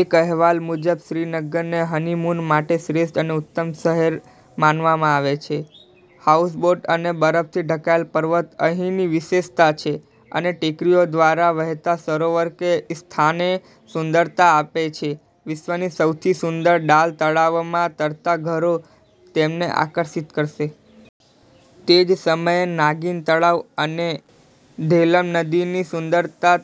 એક અહેવાલ મુજબ, શ્રીનગરને હનીમૂન માટે શ્રેષ્ઠ અને ઉત્તમ શહેર માનવામાં આવે છે. હાઉસબોટ અને બરફથી ઢંકાયેલ પર્વતો અહીંની વિશેષતા છે અને ટેકરીઓ દ્વારા વહેતા સરોવરો તે સ્થાનને સુંદરતા આપે છે. વિશ્વના સૌથી સુંદર ડાલ તળાવમાં તરતા ઘરો તમને આકર્ષિત કરશે. તે જ સમયે, નાગિન તળાવ અને ધેલમ નદીની સુંદરતા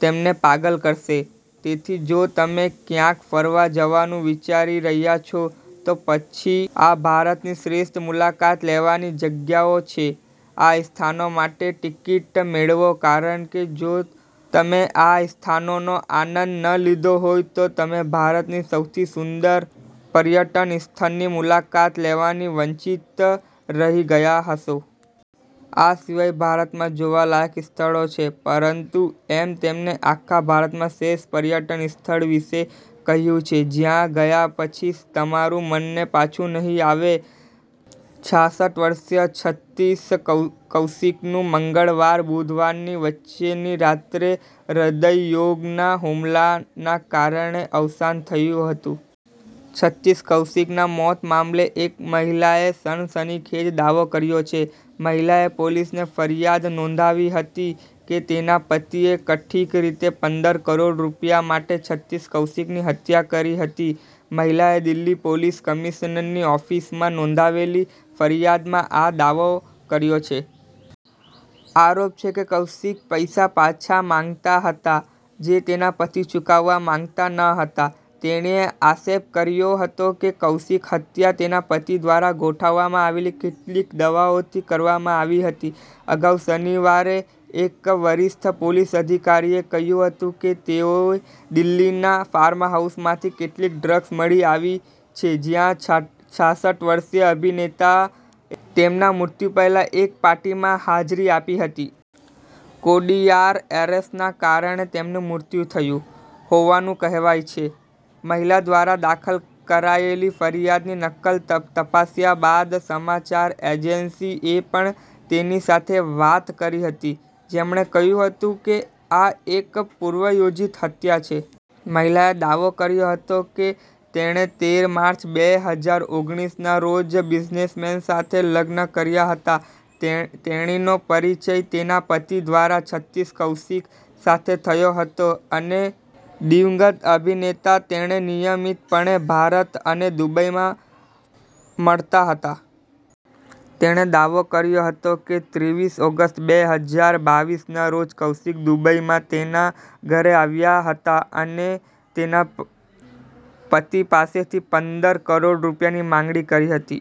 તમને પાગલ કરશે. તેથી જો તમે ક્યાંક ફરવા જવાનું વિચારી રહ્યા છો, તો પછી આ ભારતની શ્રેષ્ઠ મુલાકાત લેવાની જગ્યાઓ છે – આ સ્થાનો માટે ટિકિટ મેળવો કારણ કે, જો તમે આ સ્થાનોનો આનંદ ન લીધો હોય તો તમે ભારતના સૌથી સુંદર પર્યટન સ્થળની મુલાકાત લેવાથી વંચિત રહી ગયા હશો. આ સિવાય ભારતમાં જોવાલાયક સ્થળો છે. પરંતુ અમે તમને આખા ભારતના શ્રેષ્ઠ પર્યટન સ્થળ વિશે કહ્યું છે, જ્યાં ગયા પછી તમારું મન પાછું નહીં આવે. છાસઠ વર્ષીય સતીશ કૌ કૌશિકનું મંગળવાર-બુધવારની વચ્ચેની રાત્રે હૃદયરોગના હુમલાને કારણે અવસાન થયું હતું. સતીશ કૌશિકના મોત મામલે એક મહિલાએ સનસનીખેજ દાવો કર્યો છે. મહિલાએ પોલીસ ફરિયાદ નોંધાવી હતી કે તેના પતિએ કથિત રીતે પંદર કરોડ રૂપિયા માટે સતીશ કૌશિકની હત્યા કરી હતી. મહિલાએ દિલ્હી પોલીસ કમિશનરની ઓફિસમાં નોંધાવેલી ફરિયાદમાં આ દાવો કર્યો છે. આરોપ છે કે કૌશિક પૈસા પાછા માંગતા હતા, જે તેના પતિ ચૂકવવા માંગતા ન હતા. તેણીએ આક્ષેપ કર્યો હતો કે, કૌશિકની હત્યા તેના પતિ દ્વારા ગોઠવવામાં આવેલી કેટલીક દવાઓથી કરવામાં આવી હતી. અગાઉ શનિવારે, એક વરિષ્ઠ પોલીસ અધિકારીએ કહ્યું હતું કે, તેઓએ દિલ્હીના ફાર્મહાઉસમાંથી કેટલીક 'ડ્રગ્સ' મળી આવી છે, જ્યાં છાસઠ વર્ષીય અભિનેતાએ તેમના મૃત્યુ પહેલાં એક પાર્ટીમાં હાજરી આપી હતી. કાર્ડિયાક અરેસ્ટને કારણે તેમનું મૃત્યુ થયું હોવાનું કહેવાય છે. મહિલા દ્વારા દાખલ કરાયેલી ફરિયાદની નકલ તપાસ્યા બાદ સમાચાર એજન્સી એ પણ તેની સાથે વાત કરી હતી, જેમણે કહ્યું હતું કે આ એક પૂર્વયોજિત હત્યા છે. મહિલાએ દાવો કર્યો હતો કે, તેણે તેર માર્ચ બે હજાર ઓગણીસ ના રોજ બિઝનેસમેન સાથે લગ્ન કર્યા હતા. તેણીનો પરિચય તેના પતિ દ્વારા સતીશ કૌશિક સાથે થયો હતો અને દિવંગત અભિનેતા તેને નિયમિતપણે ભારત અને દુબઈમાં મળતા હતા. તેણે દાવો કર્યો હતો કે, ત્રેવીસ ઓગસ્ટ બે હજાર બાવીસના રોજ કૌશિક દુબઈમાં તેના ઘરે આવ્યા હતા અને તેના પતિ પાસેથી પંદર કરોડ રૂપિયાની માંગણી કરી હતી.